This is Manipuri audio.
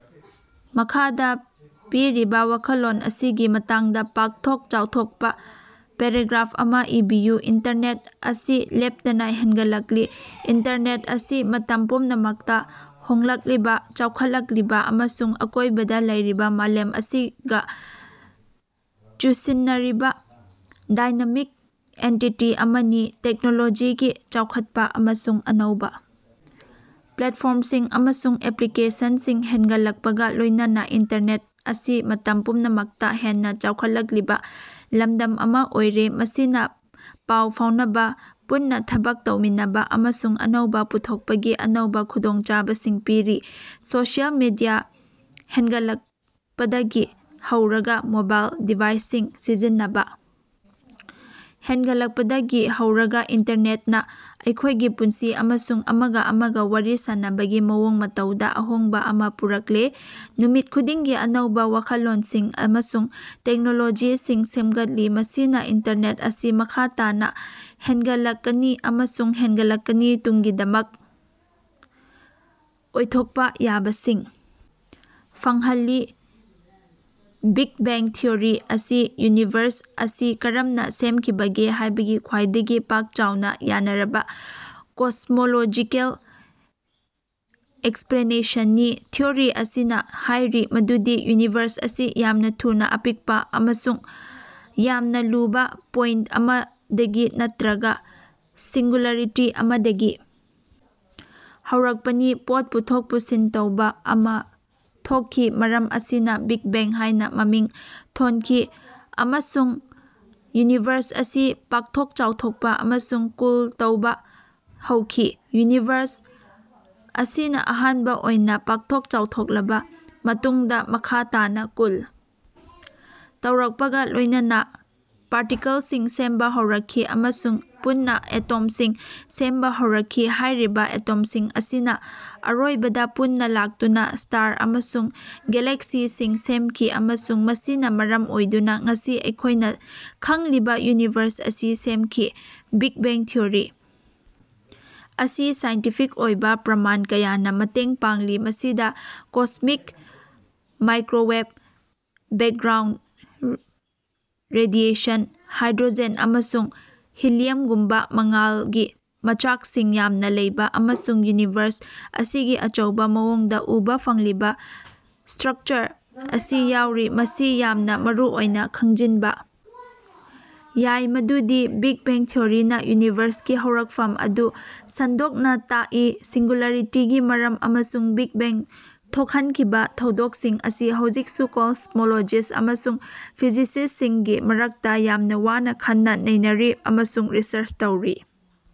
ꯃꯈꯥꯗꯥ ꯄꯤꯔꯤꯕꯥ ꯋꯥꯈꯜꯂꯣꯟ ꯑꯁꯤꯒꯤ ꯃꯇꯥꯡꯗꯥ ꯄꯥꯛꯊꯣꯛ ꯆꯥꯎꯊꯣꯛꯄꯥ ꯄꯦꯔꯥꯒ꯭ꯔꯥꯐ ꯑꯃꯥ ꯏꯕꯤꯌꯨ꯫ ꯏꯟꯇꯔꯅꯦꯠ ꯑꯁꯤ ꯂꯦꯞꯇꯅꯥ ꯍꯦꯟꯒꯠꯂꯛꯂꯤ꯫ ꯏꯟꯇꯔꯅꯦꯠ ꯑꯁꯤ ꯃꯇꯝ ꯄꯨꯝꯅꯃꯛꯇꯥ ꯍꯣꯡꯂꯛꯂꯤꯕꯥ ꯆꯥꯎꯈꯠꯂꯛꯂꯤꯕꯥ ꯑꯃꯁꯨꯡ ꯑꯀꯣꯏꯕꯗꯥ ꯂꯩꯔꯤꯕꯥ ꯃꯥꯂꯦꯝ ꯑꯁꯤꯒꯥ ꯆꯨꯁꯤꯟꯅꯔꯤꯕꯥ ꯗꯥꯏꯅꯥꯃꯤꯛ ꯑꯦꯟꯇꯤꯇꯤ ꯑꯃꯅꯤ꯫ ꯇꯦꯛꯅꯣꯂꯣꯖꯤꯒꯤ ꯆꯥꯎꯈꯠꯄꯥ ꯑꯃꯁꯨꯡ ꯑꯅꯧꯕꯥ ꯄ꯭ꯂꯦꯠꯐꯣꯔꯝꯁꯤꯡ ꯑꯃꯁꯨꯡ ꯑꯦꯄ꯭ꯂꯤꯀꯦꯁꯟꯁꯤꯡ ꯍꯦꯟꯒꯠꯂꯛꯄꯒꯥ ꯂꯣꯏꯅꯅꯥ ꯏꯟꯇꯔꯅꯦꯠ ꯑꯁꯤ ꯃꯇꯝ ꯄꯨꯝꯅꯃꯛꯇꯥ ꯍꯦꯟꯅꯥ ꯆꯥꯎꯈꯠꯂꯛꯂꯤꯕꯥ ꯂꯝꯗꯝ ꯑꯃꯥ ꯑꯣꯏꯔꯦ ꯃꯁꯤꯅꯥ ꯄꯥꯎ ꯐꯥꯎꯅꯕꯥ ꯄꯨꯟꯅꯥ ꯊꯕꯛ ꯇꯧꯃꯤꯟꯅꯕꯥ ꯑꯃꯁꯨꯡ ꯑꯅꯧꯕꯥ ꯄꯨꯊꯣꯛꯄꯒꯤ ꯑꯅꯧꯕꯥ ꯈꯨꯗꯣꯡꯆꯥꯕꯁꯤꯡ ꯄꯤꯔꯤ꯫ ꯁꯣꯁꯤꯌꯦꯜ ꯃꯤꯗꯤꯌꯥ ꯍꯦꯟꯒꯠꯂꯛꯄꯗꯒꯤ ꯍꯧꯔꯒꯥ ꯃꯣꯕꯥꯏꯜ ꯗꯤꯚꯥꯏꯁꯁꯤꯡ ꯁꯤꯖꯤꯟꯅꯕꯥ ꯍꯦꯟꯒꯠꯂꯛꯄꯗꯒꯤ ꯍꯧꯔꯒꯥ ꯏꯟꯇꯔꯅꯦꯠꯅꯥ ꯑꯩꯈꯣꯏꯒꯤ ꯄꯨꯟꯁꯤ ꯑꯃꯁꯨꯡ ꯑꯃꯒ ꯑꯃꯒ ꯋꯥꯔꯤ ꯁꯥꯅꯕꯒꯤ ꯃꯑꯣꯡ ꯃꯇꯧꯗ ꯑꯍꯣꯡꯕ ꯑꯃ ꯄꯨꯔꯛꯂꯦ꯫ ꯅꯨꯃꯤꯠ ꯈꯨꯗꯤꯡꯒꯤ ꯑꯅꯧꯕ ꯋꯥꯈꯜꯂꯣꯟꯁꯤꯡ ꯑꯃꯁꯨꯡ ꯇꯦꯛꯅꯣꯂꯣꯖꯤꯁꯤꯡ ꯁꯦꯝꯒꯠꯂꯤ꯫ ꯃꯁꯤꯅ ꯏꯟꯇꯔꯅꯦꯠ ꯑꯁꯤ ꯃꯈꯥ ꯇꯥꯅ ꯍꯦꯡꯒꯠꯂꯛꯀꯅꯤ ꯑꯃꯁꯨꯡ ꯍꯦꯡꯒꯠꯂꯛꯀꯅꯤ ꯇꯨꯡꯒꯤꯗꯃꯛ ꯑꯣꯏꯊꯣꯛꯄ ꯌꯥꯕꯁꯤꯡ ꯐꯪꯍꯜꯂꯤ꯫ ꯕꯤꯒ ꯕꯦꯡ ꯊꯤꯑꯣꯔꯤ ꯑꯁꯤ ꯌꯨꯅꯤꯚꯔꯁ ꯑꯁꯤ ꯀꯔꯝꯅꯥ ꯁꯦꯝꯈꯤꯕꯒꯦ ꯍꯥꯏꯕꯒꯤ ꯈ꯭ꯋꯥꯏꯗꯒꯤ ꯄꯥꯛ ꯆꯥꯎꯅꯥ ꯌꯥꯅꯔꯕꯥ ꯀꯣꯁꯃꯣꯂꯣꯖꯤꯀꯦꯜ ꯑꯦꯛꯁꯄ꯭ꯂꯦꯅꯦꯁꯟꯅꯤ꯫ ꯊꯤꯑꯣꯔꯤ ꯑꯁꯤꯅꯥ ꯍꯥꯏꯔꯤ ꯃꯗꯨꯗꯤ ꯌꯨꯅꯤꯚꯔꯁ ꯑꯁꯤ ꯌꯥꯝꯅꯥ ꯊꯨꯅꯥ ꯑꯄꯤꯛꯄꯥ ꯑꯃꯁꯨꯡ ꯌꯥꯝꯅꯥ ꯂꯨꯕꯥ ꯄꯣꯏꯟꯠ ꯑꯃꯗꯒꯤ ꯅꯠꯇ꯭ꯔꯒꯥ ꯁꯤꯡꯒꯨꯂꯥꯔꯤꯇꯤ ꯑꯃꯗꯒꯤ ꯍꯧꯔꯛꯄꯅꯤ꯫ ꯄꯣꯠ ꯄꯨꯊꯣꯛ ꯄꯨꯁꯤꯟ ꯇꯧꯕꯥ ꯑꯃꯥ ꯊꯣꯛꯈꯤ ꯃꯔꯝ ꯑꯁꯤꯅꯥ ꯕꯤꯒ ꯕꯦꯡ ꯍꯥꯏꯅꯥ ꯃꯃꯤꯡ ꯊꯣꯟꯈꯤ ꯑꯃꯁꯨꯡ ꯌꯨꯅꯤꯚꯔꯁ ꯑꯁꯤ ꯄꯥꯛꯊꯣꯛ ꯆꯥꯎꯊꯣꯛꯄꯥ ꯑꯃꯁꯨꯡ ꯀꯨꯜ ꯇꯧꯕꯥ ꯍꯧꯈꯤ꯫ ꯌꯨꯅꯤꯚꯔꯁ ꯑꯁꯤꯅꯥ ꯑꯍꯥꯟꯕꯥ ꯑꯣꯏꯅꯥ ꯄꯥꯛꯊꯣꯛ ꯆꯥꯎꯊꯣꯛꯂꯕꯥ ꯃꯇꯨꯡꯗꯥ ꯃꯈꯥ ꯇꯥꯅꯥ ꯀꯨꯜ ꯇꯧꯔꯛꯄꯒꯥ ꯂꯣꯏꯅꯅꯥ ꯄꯥꯔꯇꯤꯀꯜꯁꯤꯡ ꯁꯦꯝꯕꯥ ꯍꯧꯔꯛꯈꯤ ꯑꯃꯁꯨꯡ ꯄꯨꯟꯅꯥ ꯑꯦꯇꯣꯝꯁꯤꯡ ꯁꯦꯝꯕꯥ ꯍꯧꯔꯛꯈꯤ꯫ ꯍꯥꯏꯔꯤꯕꯥ ꯑꯦꯇꯣꯝꯁꯤꯡ ꯑꯁꯤꯅꯥ ꯑꯔꯣꯏꯕꯗꯥ ꯄꯨꯟꯅꯥ ꯂꯥꯛꯇꯨꯅꯥ ꯁ꯭ꯇꯥꯔ ꯑꯃꯁꯨꯡ ꯒꯦꯂꯦꯛꯁꯤꯁꯤꯡ ꯁꯦꯝꯈꯤ ꯑꯃꯁꯨꯡ ꯃꯁꯤꯅꯥ ꯃꯔꯝ ꯑꯣꯏꯗꯨꯅꯥ ꯉꯁꯤ ꯑꯩꯈꯣꯏꯅꯥ ꯈꯪꯂꯤꯕꯥ ꯌꯨꯅꯤꯚꯔꯁ ꯑꯁꯤ ꯁꯦꯃꯈꯤ꯫ ꯕꯤꯒ ꯕꯦꯡ ꯊꯤꯑꯣꯔꯤ ꯑꯁꯤ ꯁꯥꯏꯟꯇꯤꯐꯤꯛ ꯑꯣꯏꯕꯥ ꯄ꯭ꯔꯃꯥꯟ ꯀꯌꯥꯅꯥ ꯃꯇꯦꯡ ꯄꯥꯡꯂꯤ ꯃꯁꯤꯗꯥ cosmic microwave background radiation hydrogen ꯑꯃꯁꯨꯡ ꯍꯤꯂꯤꯌꯝꯒꯨꯝꯕꯥ ꯃꯉꯥꯜꯒꯤ ꯃꯆꯥꯛꯁꯤꯡ ꯌꯥꯝꯅꯥ ꯂꯩꯕꯥ ꯑꯃꯁꯨꯡ ꯌꯨꯅꯤꯚꯔꯁ ꯑꯁꯤꯒꯤ ꯑꯆꯧꯕꯥ ꯃꯑꯣꯡꯗꯥ ꯎꯕꯥ ꯐꯪꯂꯤꯕꯥ ꯁ꯭ꯇꯔꯛꯆꯔ ꯑꯁꯤ ꯌꯥꯎꯔꯤ꯫ ꯃꯁꯤ ꯌꯥꯝꯅꯥ ꯃꯔꯨꯑꯣꯏꯅꯥ ꯈꯪꯖꯤꯟꯕꯥ ꯌꯥꯏ ꯃꯗꯨꯗꯤ ꯕꯤꯒ ꯕꯦꯡ ꯊꯤꯑꯣꯔꯤꯅꯥ ꯌꯨꯅꯤꯚꯔꯁꯀꯤ ꯍꯧꯔꯛꯐꯝ ꯑꯗꯨ ꯁꯟꯗꯣꯛꯅꯥ ꯇꯥꯛꯏ꯫ ꯁꯤꯡꯒꯨꯂꯥꯔꯤꯇꯤꯒꯤ ꯃꯔꯝ ꯑꯃꯁꯨꯡ ꯕꯤꯒ ꯕꯦꯡ ꯊꯣꯛꯍꯟꯈꯤꯕꯥ ꯊꯧꯗꯣꯛꯁꯤꯡ ꯑꯁꯤ ꯍꯧꯖꯤꯛꯁꯨ ꯀꯣꯁ꯭ꯃꯣꯂꯣꯖꯤꯁ꯭ꯠ ꯑꯃꯁꯨꯡ ꯐꯤꯖꯤꯁꯤꯁ꯭ꯇꯁꯤꯡꯒꯤ ꯃꯔꯛꯇꯥ ꯌꯥꯝꯅꯥ ꯋꯥꯅꯥ ꯈꯟꯅ ꯅꯩꯅꯔꯤ ꯑꯃꯁꯨꯡ ꯔꯤꯁꯔꯆ ꯇꯧꯔꯤ꯫